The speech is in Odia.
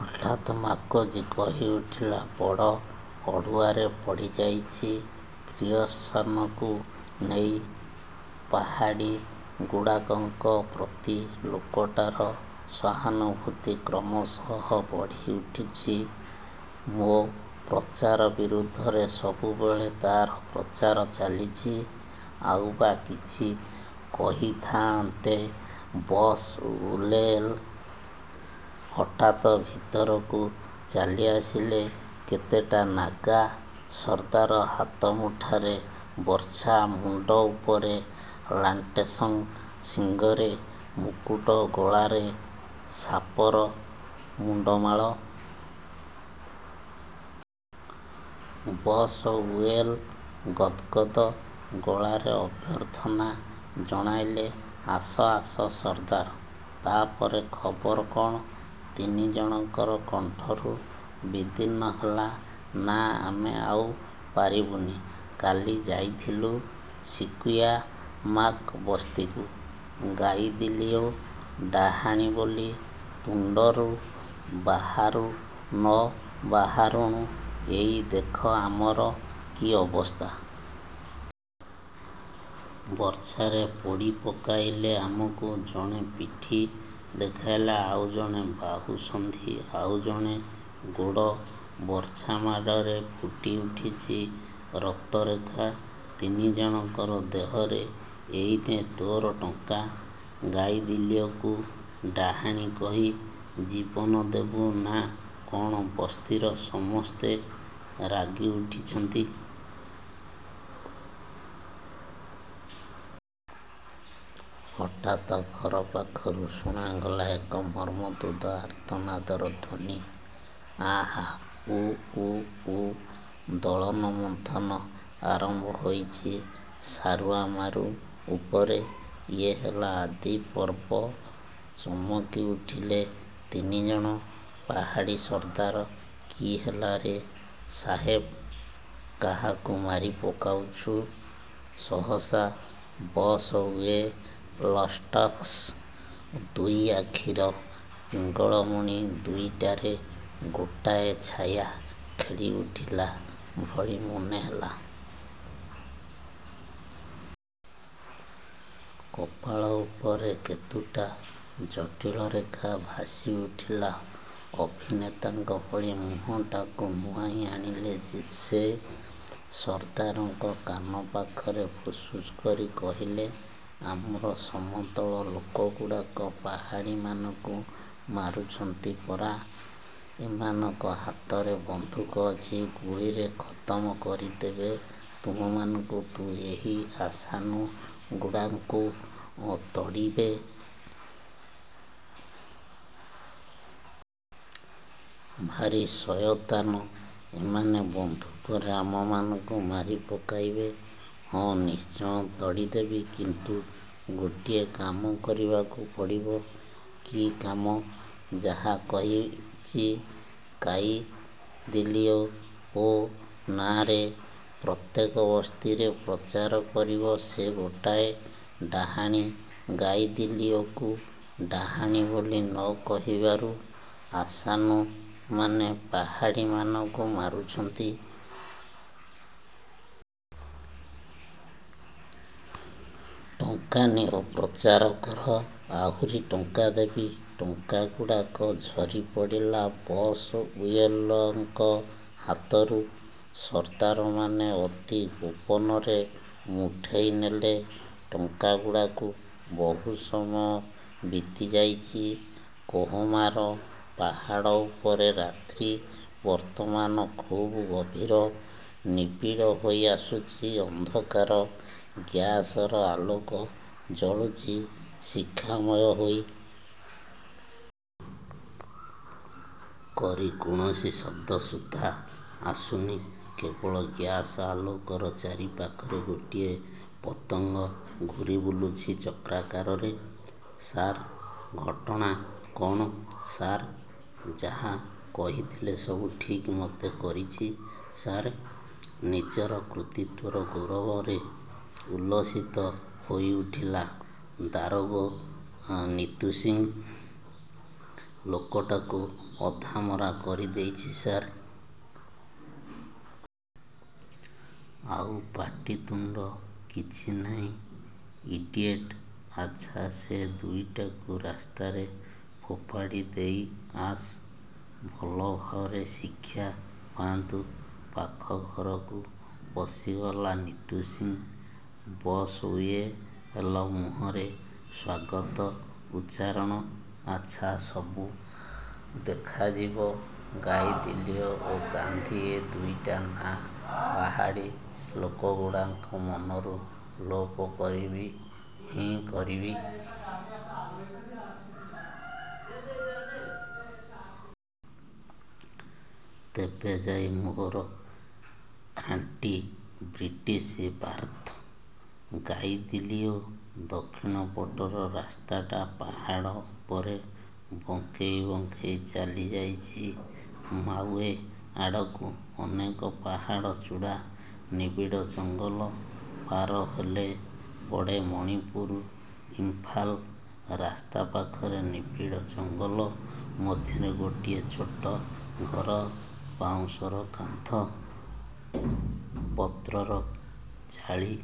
ହଠାତ୍ ମାକେଂଜି କହିଉଠିଲା–ବଡ଼ ଅଡ଼ୁଆରେ ପଡ଼ିଯାଇଛି ପିୟର୍ସନକୁ ନେଇ। ପାହାଡ଼ୀଗୁଡ଼ାକଙ୍କ ପ୍ରତି ଲୋକଟାର ସହାନୁଭୂତି କ୍ରମଶଃ ବଢ଼ିଉଠୁଛି। ମୋ ପ୍ରଚାର ବିରୁଦ୍ଧରେ ସବୁବେଳେ ତାର ପ୍ରଚାର ଚାଲିଛି। ଆଉ ବା କିଛି କହିଥାଆନ୍ତେ ବସ୍ଉୟେଲ ହଠାତ୍ ଭିତରକୁ ଚାଲିଆସିଲେ କେତେଟା ନାଗା ସର୍ଦ୍ଦାର। ହାତମୁଠାରେ ବର୍ଚ୍ଛା, ମୁଣ୍ଡ ଉପରେ ଲାଣ୍ଟେସଙ୍ଗ ଶିଙ୍ଘରେ ମୁକୁଟ ଗଳାରେ ସାପର ମୁଣ୍ଡମାଳ। ବସ୍ଉୟେଲ ଗଦ୍ ଗଦ୍ ଗଳାରେ ଅଭ୍ୟର୍ଥନା ଜଣାଇଲେ–ଆସ, ଆସ ସର୍ଦ୍ଦାର। ତାପରେ ଖବର କଣ? ତିନିଜଣଙ୍କର କଣ୍ଠରୁ ବିଦୀର୍ଣ୍ଣ ହେଲା–ନା, ଆମେ ଆଉ ପାରିବୁନି। କାଲି ଯାଇଥିଲୁ ସିକୁୟାମାକ ବସ୍ତିକୁ, ଗାଇଦିଲିଓ ଡାହାଣୀ ବୋଲି ତୁଣ୍ଡରୁ ବାହାରୁ ନ ବାହାରୁଣୁ ଏଇ ଦେଖ ଆମର କି ଅବସ୍ଥା। ବର୍ଚ୍ଛାରେ ପୋଡ଼ି ପକାଇଲେ ଆମକୁ। ଜଣେ ପିଠି ଦେଖାଇଲା, ଆଉ ଜଣେ ବାହୁ ସନ୍ଧି, ଆଉ ଜଣେ ଗୋଡ଼। ବର୍ଚ୍ଛାମାଡ଼ରେ ଫୁଟିୁଠିଛି ରକ୍ତରେଖା ତିନିଜଣଙ୍କର ଦେହରେ। ଏଇ ନେ ତୋର ଟଙ୍କା, ଗାଇଦିଲିଓକୁ ଡାହାଣୀ କହି ଜୀବନ ଦେବୁ ନା କ'ଣ ବସ୍ତିର ସମସ୍ତେ ରାଗି ଉଠିଛନ୍ତି। ହଠାତ୍ ଘରପାଖରୁ ଶୁଣାଗଲା ଏକ ମର୍ମନ୍ତୁଦ ଆର୍ତ୍ତନାଦର ଧ୍ୱନି। ଆଃ ଉ-ଉ-ଉ-। ଦଳନ ମନ୍ଥନ ଆରମ୍ଭ ହୋଇଛି ସାରୁୟାମାରୁ ଉପରେ। ଇଏ ହେଲା ଆଦି ପର୍ବ। ଚମକି ଉଠିଲେ ତିନିଜଣ ପାହାଡ଼ୀ ସର୍ଦ୍ଦାର। କି ହେଲା ରେ ସାହେବ? କାହାକୁ ମାରି ପକାଉଛୁ? ସହସା ବସ୍ଉୟେଲ୍ଙ୍କ ଦୁଇ ଆଖିର ପିଙ୍ଗଳମଣି ଦୁଇଟାରେ ଗୋଟାଏ ଛାୟା ଖେଳିଉଠିଲା ଭଳି ମନେହେଲା। କପାଳ ଉପରେ କେତୁଟା ଜଟିଳ ରେଖା ଭାସିଉଠିଲା। ଅଭିନେତାଙ୍କ ଭଳି ମୁହଁଟାକୁ ନୁଆଇଁ ଆଣିଲେ ସେ। ସର୍ଦ୍ଦାରଙ୍କ କାନ ପାଖରେ ଫୁସ୍ଫୁସ୍ କରି କହିଲେ–ଆମର ସମତଳ ଲୋକଗୁଡ଼ାକ ପାହାଡ଼ୀମାନଙ୍କୁ ମାରୁଛନ୍ତି ପରା। ଏମାନଙ୍କ ହାତରେ ବନ୍ଧୁକ ଅଛି। ଗୁଳିରେ ଖତମ କରିଦେବେ ତୁମମାନଙ୍କୁ। ତୁ ଏହି ଅସାନ୍ୟୁଗୁଡ଼ାଙ୍କୁ ତଡ଼ିବେ। ଭାରି ସୟତାନ ଏମାନେ। ବନ୍ଧୁକରେ ଆମମାନଙ୍କୁ ମାରି ପକାଇବେ। ହଁ–ନିଶ୍ଚୟ ତଡ଼ିଦେବି, କିନ୍ତୁ ଗୋଟିଏ କାମ କରିବାକୁ ପଡ଼ିବ। କି କାମ? ଯାହା କହିଚି, କାଇଦେଲି ଓ ନାଁରେ ପ୍ରତ୍ୟେକ ବସ୍ତିରେ ପ୍ରଚାର କରିବ ସେ ଗୋଟାଏ ଡାହାଣୀ। ଗାଇଦିଲିଓକୁ ଡାହାଣୀ ବୋଲି ନ କହିବାରୁ ଅସାନ୍ୟୁମାନେ ପାହାଡ଼ୀମାନଙ୍କୁ ମାରୁଛନ୍ତି-। ଟଙ୍କା ନିଅ, ପ୍ରଚାର କର, ଆହୁରି ଟଙ୍କା ଦେବି। ଟଙ୍କାଗୁଡ଼ାକ ଝରିପଡ଼ିଲା ବସ୍ଉୟେଲଙ୍କ ହାତରୁ। ସର୍ଦ୍ଦାରମାନେ ଅତି ଗୋପନରେ ମୁଠେଇନେଲେ ଟଙ୍କାଗୁଡ଼ାକୁ। ବହୁ ସମୟ ବିତିଯାଇଛି। କୋହମାର ପାହାଡ଼ ଉପରେ ରାତ୍ରି ବର୍ତ୍ତମାନ ଖୁବ୍ ଗଭୀର-। ନିବିଡ଼ ହୋଇଆସୁଛି ଅନ୍ଧକାର। ଗ୍ୟାସର ଆଲୋକ ଜଳୁଛି ଶିଖାମୟ ହୋଇ। କରି କୌଣସି ଶବ୍ଦ ସୁଦ୍ଧା ଆସୁନି! କେବଳ ଗ୍ୟାସ ଆଲୋକର ଚାରିପାଖରେ ଗୋଟିଏ ପତଙ୍ଗ ଘୂରିବୁଲୁଚି ଚକ୍ରାକାରରେ। –ସାର୍। –ଘଟଣା କଣ? –ସାର୍। ଯାହା କହିଥିଲେ ସବୁ ଠିକ୍ ମତେ କରିଛି ସାର୍! ନିଜର କୃତୀତ୍ୱର ଗୌରବରେ ଉଲ୍ଲସିତ ହୋଇଉଠିଲା ଦାରୋଗୋ ନିତୁ ସିଂ। ଲୋକଟାକୁ ଅଧାମରା କରିଦେଇଛି ସାର୍! ଆଉ ପାଟିତୁଣ୍ଡ କିଛି ନାହିଁ। –ଇଡିଏଟ୍। ଆଚ୍ଛା ସେ ଦୁଇଟାଙ୍କୁ ରାସ୍ତାରେ ଫୋପାଡ଼ି ଦେଇଆସ। ଭଲଭାବରେ ଶିକ୍ଷା ପାଆନ୍ତୁ। ପାଖ ଘରକୁ ପଶିଗଲା ନିତୁ ସିଂ। ବସ୍ଉୟେଲ ମୁହଁରେ ସ୍ୱଗତ ଉଚ୍ଚାରଣ। ଆଚ୍ଛା, ସବୁ ଦେଖାଯିବ। ଗାଇଦିଲିଓ ଓ ଗାନ୍ଧି ଏ ଦୁଇଟା ନାଁ ପାହାଡ଼ୀ ଲୋକଗୁଡ଼ାକଙ୍କ ମନରୁ ଲୋପ କରିବି ହିଁ କରିବି। ତେବେ ଯାଇ ମୋର ଖାଣ୍ଟି ବ୍ରିଟିଶ ବାର୍ଥ। ଗାଇଦିଲିଓ ଦକ୍ଷିଣ ପଟର ରାସ୍ତାଟା ପାହାଡ଼ ଉପରେ ବଙ୍କେଇ ବଙ୍କେଇ ଚାଲିଯାଇଛି ମାଉଏ ଆଡ଼କୁ। ଅନେକ ପାହାଡ଼ ଚୂଡ଼ା, ନିବିଡ଼ ଜଙ୍ଗଲ ପାର ହେଲେ ପଡ଼େ ମଣିପୁର, ଇମ୍ଫାଲ। ରାସ୍ତା ପାଖରେ ନିବିଡ଼ ଜଙ୍ଗଲ ମଧ୍ୟରେ ଗୋଟିଏ ଛୋଟ ଘର, ବାଉଁଶର କାନ୍ଥ, ପତ୍ରର ଚାଳି।